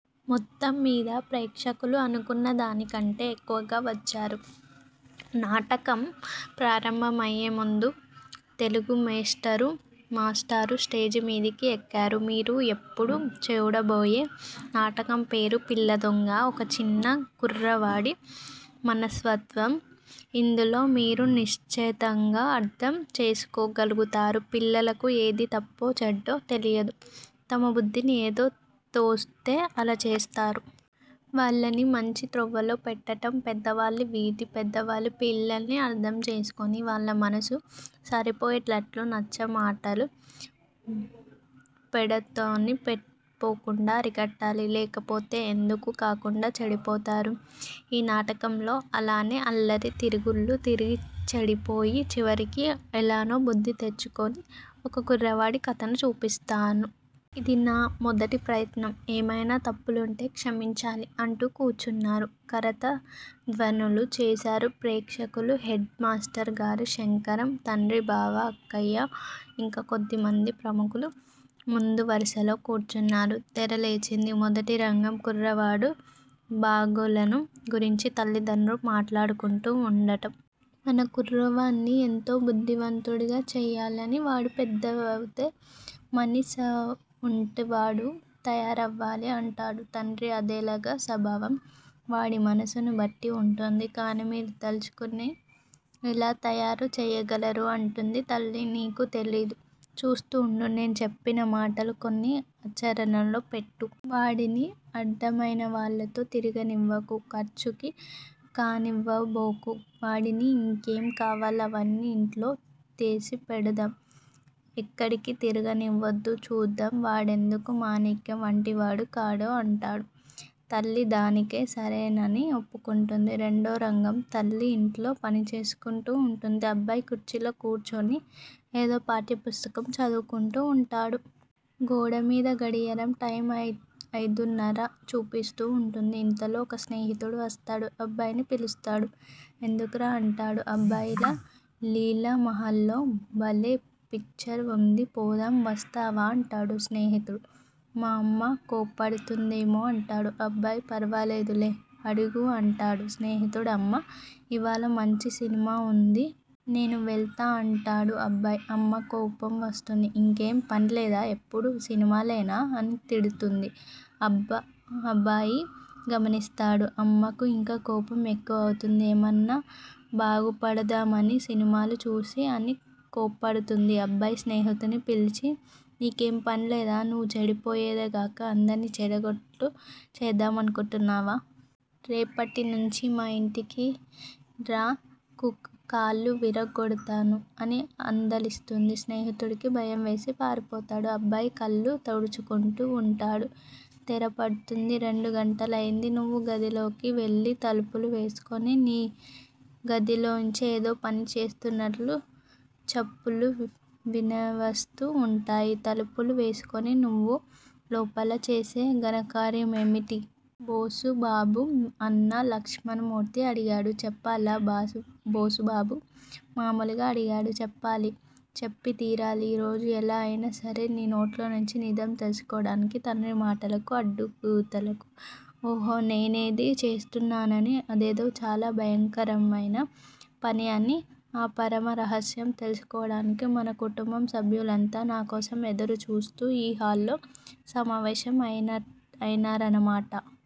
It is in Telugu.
మొత్తంమీద ప్రేక్షకులు అనుకున్నదానికంటే ఎక్కువగానే వచ్చారు. నాటకం ప్రారంభమయ్యేముందు తెలుగుమేష్టారు స్టేజిమీదకు ఎక్కారు. మీరు యిప్పుడు చూడబోయే నాటకంపేరు పిల్లదొంగ. ఒక చిన్న కుర్రవాడి మనస్తత్వం యిందులో మీరు నిశితంగా అర్ధం చేసుకోగల్గుతారు. పిల్లలకు ఏది తప్పో, చెడ్డో తెలియదు. తమబుద్దికి ఏది తోస్తే అలా చేస్తారు. వాళ్ళని మంచి త్రోవలో పెట్టటం పెద్దవాళ్ళ విధి. పెద్దవాళ్ళు పిల్లల్ని అర్ధం చేసుకొని వాళ్ళమనస్సుకు సరిపోయేటట్లు నచ్చేమాటలు చెప్పి పెడత్రోవను పోకుండా అరికట్టాలి. లేకపోతే ఎందుకూ కాకుండా చెడిపోతారు. ఈ నాటకంలో అలానే అల్లరి తిరుగుళ్ళు తిరిగి చెడిపోయి చివరికి ఎలానో బుద్దితెచ్చుకున్న ఒక కుర్రవాడి కథను చూస్తాహరు. ఇది నా మొదటి ప్రయత్నం ఏమైనా తప్పులుంటే క్షమించాలి అంటూ కూచున్నారు. కరతాళధ్వనులు చేశారు ప్రేక్షకులు. హెడ్ మాస్టర్ గారు, శంకరం తండ్రి, బావ, అక్కయ్య ఇంకా కొద్దిమంది ప్రముఖులు ముందువరుసలో కూర్చున్నారు తెర లేచింది. మొదటి రంగం: కుర్రవాడి బాగోగులను గురించి తల్లిదండ్రులు మాట్లాడుకుంటూ వుండటం. మన కుర్రవాన్ని ఎంతో బుద్దిమంతుడుగా చెయ్యాలి. వాడు పెద్దవుతే మణిపూసవంటివాడుగా తయారవ్వాలి అంటాడు తండ్రి. అదెలాగ సంభవం? వాడి మనస్సుని బట్టి వుంటుంది కాని మీరు తలుచుకుని ఎలా తయారు చెయ్యగలరు? అంటుంది తల్లి. నీకు తెలీదు చూస్తూ వుండు. నేను చెప్పేమాటలు కొన్ని ఆచరణలోపెట్టు. వాడిని అడ్డమయినవాళ్ళతో తిరగనివ్వకు. ఖర్చుకి కాణీ యివ్వబోకు. వాడికి ఏంకావాలో అవన్నీ యింట్లోనే చేసిపెడదాం. ఎక్కడికీ తిరగనివ్వద్దు. చూద్దాం వాడెందుకు మాణిక్యం వంటివాడు కాడో! అంటాడు. తల్లి దానికి సరేనని ఒప్పుకుంటుంది. రెండో రంగం: తల్లి యింట్లో పనిచేసుకుంటూ వుంటుంది. అబ్బాయి కుర్చీలో కూర్చుని ఏదో పాఠ్యపుస్తకం చదువుకుంటూ వుంటాడు. గోడమీది గడియారం టైం అయిదున్నర చూపిస్తూ వుంటుంది. ఇంతలో ఒక స్నేహితుడు వస్తాడు. అబ్బాయిని పిలుస్తాడు. ఎందుకురా? అంటాడు అబ్బాయి. లీలామహల్లో బలే పిక్చర్ వుంది పోదాం వస్తావా? అంటాడు స్నేహితుడు. మా అమ్మ కోప్పడుతుందేమో అంటాడు. అబ్బాయి ఫర్వాలేదులే అడుగు అంటాడు స్నేహితుడు అమ్మా అమ్మా ఇవాళ మంచి సినిమా వుంది. నేను వెళ్తానే అంటాడు అబ్బాయి. అమ్మకు కోపం వస్తుంది. ఇంకేం పన్లేదా? ఎప్పుడూ సినిమాలేనా? అని తిడుతుంది. అబబాయి గునుస్తాడు. అమ్మకు యింకా కోపం ఎక్కువవుతుంది. ఏమన్నా బాగుపడదామనేనా సినిమాలు చూసి? అని కోప్పడుతుంది. అబ్బాయి స్నేహితున్ని పిలిచి నీకేం పనిలేదూ? నువ్వు చెడిపోయేది కాక అందర్నీ చెడేట్లు చేద్దామనుకుంటున్నావా? రేపటినుంచి మా యింటికిరా, కాళ్ళు విరగ్గొడతాను అని అదిలిస్తుంది. స్నేహితుడికి భయంవేసి పారిపోతాడు. అబ్బాయి కళ్ళు తుడుచుకుంటూ వుంటాడు. తెర పడుతుంది. రెండు గంటలయ్యింది నువ్వు గదిలోకి వెళ్ళి తలుపు వేసుకుని. నీ గదిలోంచి ఏదో పని చేస్తున్నట్లు చప్పుళ్లు వినవస్తూ వుంటాయి. తలుపులు వేసుకుని నువ్వు లోపల చేసే ఘనకార్యం ఏమిటి? బోసుబాబు అన్న లక్ష్మణమూర్తి అడిగాడు. చెప్పాలా? బోసుబాబు మామూలుగా అడిగాడు. చెప్పాలి! చెప్పి తీరాలి. ఈరోజు ఎలా అయినా సరే నీ నోట్లోంచి నిజం తెలుసుకోటానికి తండ్రి మాటలకు అడ్డుతగులుతూ ఓహో! నేనేదో చేస్తున్నానని అదేదో చాలా భయంకరమైన పని అని ఆ పరమరహస్యం తెలుసుకోటానికి మన కుటుంబ సభ్యులంతా నాకోసం ఎదురు చూస్తూ ఈ హాల్ లో సమావేశం అయ్యారన్నమాట!